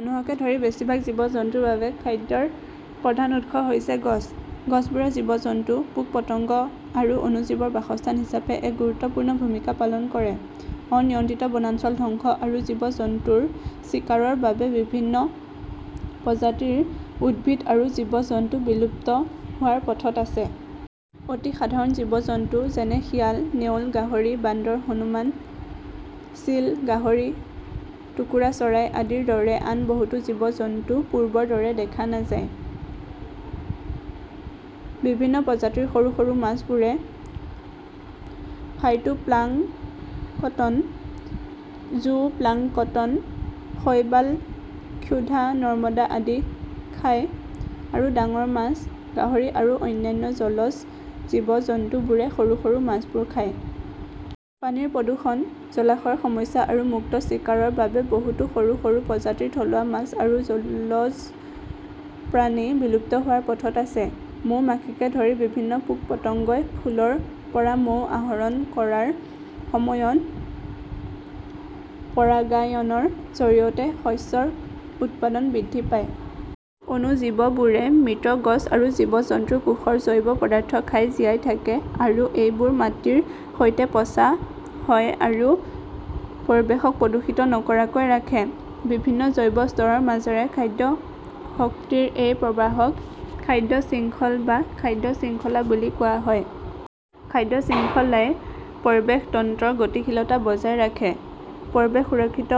মানুহকে ধৰি বেছিভাগ জীৱ-জন্তুৰ বাবে খাদ্যৰ প্ৰধান উৎস হৈছে গছ। গছবোৰে জীৱ-জন্তু, পোক-পতংগ আৰু অণুজীৱৰ বাসস্থান হিচাপে এক গুৰুত্বপূৰ্ণ ভূমিকা পালন কৰে। অনিয়ন্ত্ৰিত বনাঞ্চল ধ্বংস আৰু জীৱ-জন্তুৰ চিকাৰৰ বাবে বিভিন্ন প্ৰজাতিৰ উদ্ভিদ আৰু জীৱ-জন্তু বিলুপ্ত হোৱাৰ পথত আছে। অতি সাধাৰণ জীৱ-জন্তু, যেনে শিয়াল, ,নেউল, গাহৰি, বান্দৰ, হনুমান, চিল, গাহৰি, টোকোৰা চৰাই আদিৰ দৰে আন বহুতো জীৱ-জন্তু পূৰ্বৰ দৰে দেখা নাযায়। বিভিন্ন প্ৰজাতিৰ সৰু সৰু মাছবোৰে ফাইটোপ্লাংকটন, জুওপ্লাংকটন, শৈবাল, ক্ষুধা, নৰ্দমা আদি খায়, আৰু ডাঙৰ মাছ, গাহৰি আৰু অন্যান্য জলজ জীৱ-জন্তুবোৰে সৰু সৰু মাছবোৰ খায়। পানীৰ প্ৰদূষণ, জলাশয়ৰ সমস্যা আৰু মুক্ত চিকাৰৰ বাবে বহুতো সৰু সৰু প্ৰজাতিৰ থলুৱা মাছ আৰু জলজ প্ৰাণী বিলুপ্ত হোৱাৰ পথত আছে। মৌমাখিকে ধৰি বিভিন্ন পোক-পতংগই ফুলৰ পৰা মৌ আহৰণ কৰাৰ সময়ত পৰাগায়নৰ জৰিয়তে শস্যৰ উৎপাদন বৃদ্ধি পায়। অণুজীৱবোৰে মৃত গছ আৰু জীৱ-জন্তুৰ কোষৰ জৈৱ পদাৰ্থ খাই জীয়াই থাকে আৰু এইবোৰ মাটিৰ সৈতে পচা হয় আৰু পৰিৱেশক প্ৰদূষিত নকৰাকৈ ৰাখে। বিভিন্ন জৈৱ স্তৰৰ মাজেৰে খাদ্য শক্তিৰ এই প্ৰবাহক খাদ্য শৃংখল বা খাদ্য শৃংখলা বুলি কোৱা হয়। খাদ্য শৃংখলাই পৰিৱেশ তন্ত্ৰৰ গতিশীলতা বজাই ৰাখে। পৰিৱেশ সুৰক্ষিত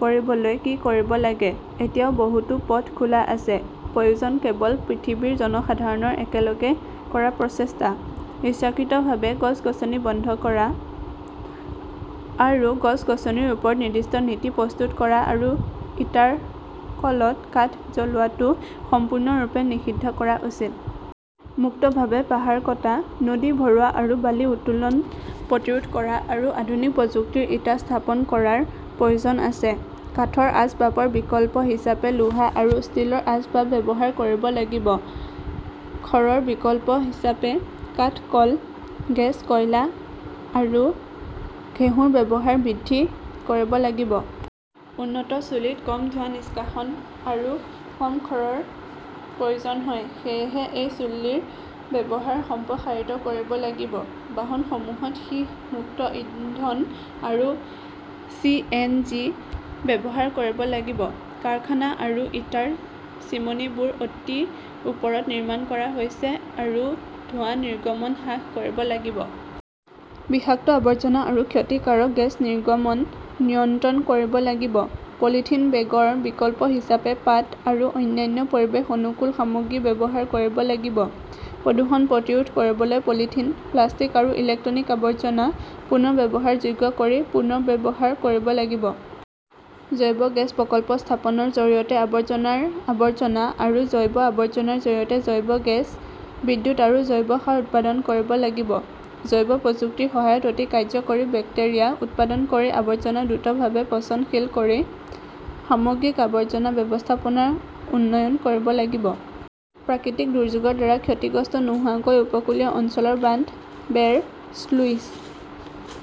কৰিবলৈ কি কৰিব লাগে? এতিয়াও বহুতো পথ খোলা আছে। প্ৰয়োজন কেৱল পৃথিৱীৰ জনসাধাৰণৰ একেলগে কৰা প্ৰচেষ্টা। ইচ্ছাকৃতভাৱে গছ-গছনি বন্ধ কৰা আৰু গছ-গছনিৰ ওপৰত নিৰ্দিষ্ট নীতি প্ৰস্তুত কৰা আৰু ইটাৰ কলত কাঠ জ্বলোৱাটো সম্পূৰ্ণৰূপে নিষিদ্ধ কৰা উচিত। মুক্তভাৱে পাহাৰ কটা, নদী ভৰোৱা আৰু বালি উত্তোলন প্ৰতিৰোধ কৰা আৰু আধুনিক প্ৰযুক্তিৰ ইটা স্থাপন কৰাৰ প্ৰয়োজন আছে। কাঠৰ আচবাবৰ বিকল্প হিচাপে লোহা আৰু ষ্টীলৰ আচবাব ব্যৱহাৰ কৰিব লাগিব। খড়ৰ বিকল্প হিচাপে কাঠক'ল, গেছ, কয়লা আৰু ঘেঁহুৰ ব্যৱহাৰ বৃদ্ধি কৰিব লাগিব। উন্নত চুলিত কম ধোঁৱা নিষ্কাশন আৰু কম খড়ৰ প্ৰয়োজন হয়। সেয়েহে এই চুল্লীৰ ব্যৱহাৰ সম্প্ৰসাৰিত কৰিব লাগিব। বাহনসমূহত সীহ-মুক্ত ইন্ধন আৰু চি. এন. জি. ব্যৱহাৰ কৰিব লাগিব। কাৰখানা আৰু ইটাৰ চিমনীবোৰ অতি ওপৰত নিৰ্মাণ কৰা হৈছে আৰু ধোঁৱা নিৰ্গমন হ্ৰাস কৰিব লাগিব। বিষাক্ত আৱৰ্জনা আৰু ক্ষতিকাৰক গেছ নিৰ্গমন নিয়ন্ত্ৰণ কৰিব লাগিব। পলিথিন বেগৰ বিকল্প হিচাপে পাট আৰু অন্যান্য পৰিৱেশ অনুকূল সামগ্ৰী ব্যৱহাৰ কৰিব লাগিব। প্ৰদূষণ প্ৰতিৰোধ কৰিবলৈ পলিথিন, প্লাষ্টিক আৰু ইলেক্ট্ৰনিক আৱৰ্জনা পুনৰ ব্যৱহাৰযোগ্য কৰি পুনৰ্ব্যৱহাৰ কৰিব লাগিব। জৈৱ গেছ প্ৰকল্প স্থাপনৰ জৰিয়তে আৱৰ্জনাৰ আৱৰ্জনা আৰু জৈৱ আৱৰ্জনাৰ জৰিয়তে জৈৱ গেছ, বিদ্যুৎ আৰু জৈৱ সাৰ উৎপাদন কৰিব লাগিব। জৈৱ প্ৰযুক্তিৰ সহায়ত অতি কাৰ্য্যকৰী বেক্টেৰিয়া উৎপাদন কৰি আৱৰ্জনা দ্ৰুতভাৱে পচনশীল কৰি সামগ্ৰিক আৱৰ্জনা ব্যৱস্থাপনাৰ উন্নয়ন কৰিব লাগিব। প্ৰাকৃতিক দুৰ্যোগৰ দ্বাৰা ক্ষতিগ্ৰস্ত নোহোৱাকৈ উপকূলীয় অঞ্চলৰ বান্ধ, বেৰ, শ্লুইচ